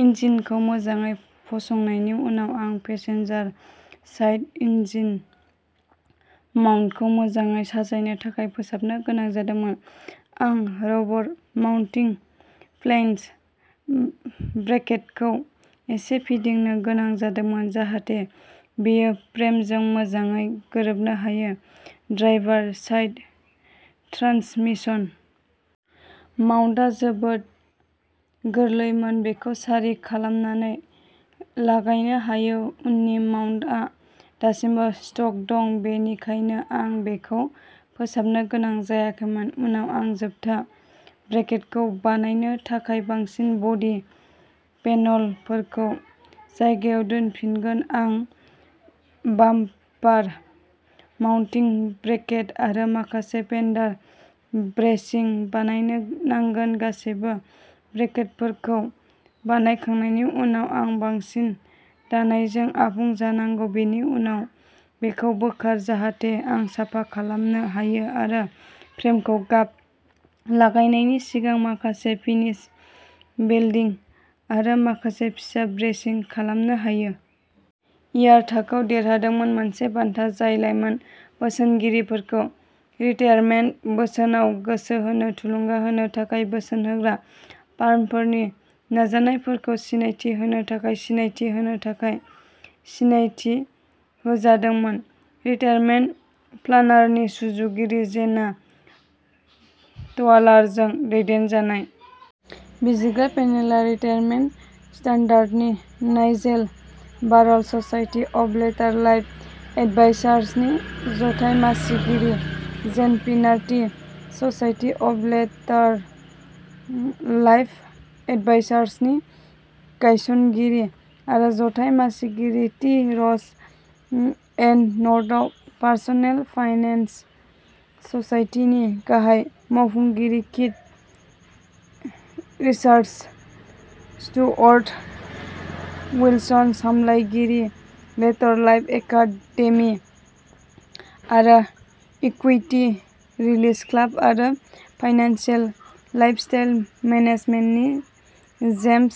इन्जिनखौ मोजाङै फसंनायनि उनाव आं पेसेन्जार साइड इन्जिन माउन्टखौ मोजाङै साजायनो थाखाय फोसाबनो गोनां जादोंमोन। आं रबर माउन्टिं फ्लेंज ब्रेकेटखौ एसे फिदिंनो गोनां जादोंमोन जाहाथे बेयो फ्रेमजों मोजाङै गोरोबनो हायो ड्राइभार साइड ट्रान्समिसन माउन्टआ जोबोद गोरलैमोन बेखौ सारि खालामनानै लागायनो हायो उननि माउन्टआ दासिमबो स्टक दं बेनिखायनो आं बेखौ फोसाबनो गोनां जायाखैमोन उनाव आं जोबथा ब्रेकेटखौ बानायनो थाखाय बांसिन बडी पेनलफोरखौ जायगायाव दोनफिनगोन आं बाम्पार माउन्टिं ब्रेकेट आरो माखासे फेन्डार ब्रेसिं बानायनो नांगोन गासैबो ब्रेकेटफोरखौ बानायखांनायनि उनाव आं बांसिन दानायजों आबुं जानांगौ बेनि उनाव बेखौ बोखार जाहाथे आं साफा खालामनो हायो आरो फ्रेमखौ गाब लागायनायनि सिगां माखासे फिनिश वेल्डिं आरो माखासे फिसा ब्रेसिं खालामनो हायो। इयार थाखोआव देरहादोंमोन मोनसे बान्था, जाय लाइमोन बोसोनगिरिफोरखौ रिटायारमेन्ट बोसोनआव गोसो होनो थुलुंगा होनो थाखाय बोसोन होग्रा फार्मफोरनि नाजानायफोरखौ सिनायथि होनो थाखाय सिनायथि होनो थाखाय सिनायथि होजादोंमोन। रिटायारमेन्ट प्लानारनि सुजुगिरि जेना ट'वालारजों दैदेनजानाय। बिजिरग्रा पेनेलआ रिटायारमेन्ट स्टान्डार्डनि Nigel Barrell society of Later Life एडभाइजार्सनि जथाय मासिगिरि Jane Finerty society of Later Life एडभाइजार्सनि गायसनगिरि आरो जथाय मासिगिरि टि र'ज एन्ड नर्थआव पार्सनेल फाइनेन्स ससाइटिनि गाहाय मावफुंगिरि कीथ रिचार्ड्स स्टुअर्ट विल्सन सामलायगिरि लेटर लाइफ एकादेमि आरो इक्युइटि रिलिज क्लाब आरो फाइनेन्सियेल लाइफस्टाइल मेनेजमेन्टनि जेम्स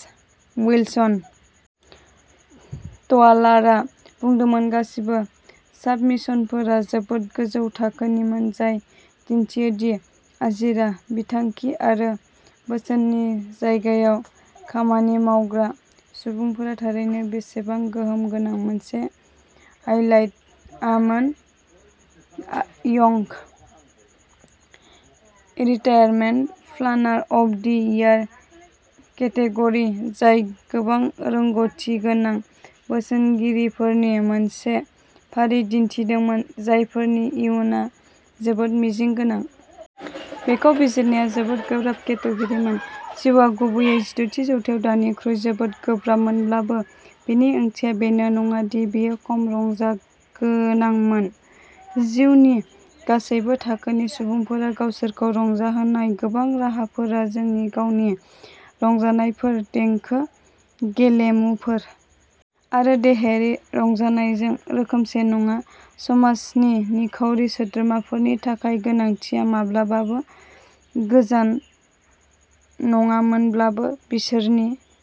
विल्सन। ट'वालारआ बुंदोंमोन गासिबो साबमिशनफोरा जोबोद गोजौ थाखोनिमोन जाय दिन्थियो दि आजिरा बिथांखि आरो बोसोननि जायगायाव खामानि मावग्रा सुबुंफोरा थारैनो बेसेबां गोहोम गोनां। मोनसे हाइलाइटआमोन आ young retirement planner of the year category जाय गोबां रोंग'थिगोनां बोसोनगिरिफोरनि मोनसे फारि दिन्थिदोंमोन जायफोरनि इयुनआ जोबोद मिजिं गोनां। बेखौ बिजिरनाया जोबोद गोब्राब केटेग'रिमोन। जिउआ गुबैयै जिद'थि जौथायाव दानिख्रुइ जोबोद गोब्राबमोनब्लाबो बेनि ओंथिया बेनो नङा दि बेयो खम रंजागोनांमोन। जिउनि गासैबो थाखोनि सुबुंफोरा गावसोरखौ रंजाहोनाय गोबां राहाफोरा जोंनि गावनि रंजानायफोर देंखो गेलेमुफोर आरो देहायारि रंजानायजों रोखोमसे नङा समाजनि निखावरि सोद्रोमाफोरनि थाखाय गोनांथिआ माब्लाबाबो गोजान नङामोनब्लाबो बिसोरनि --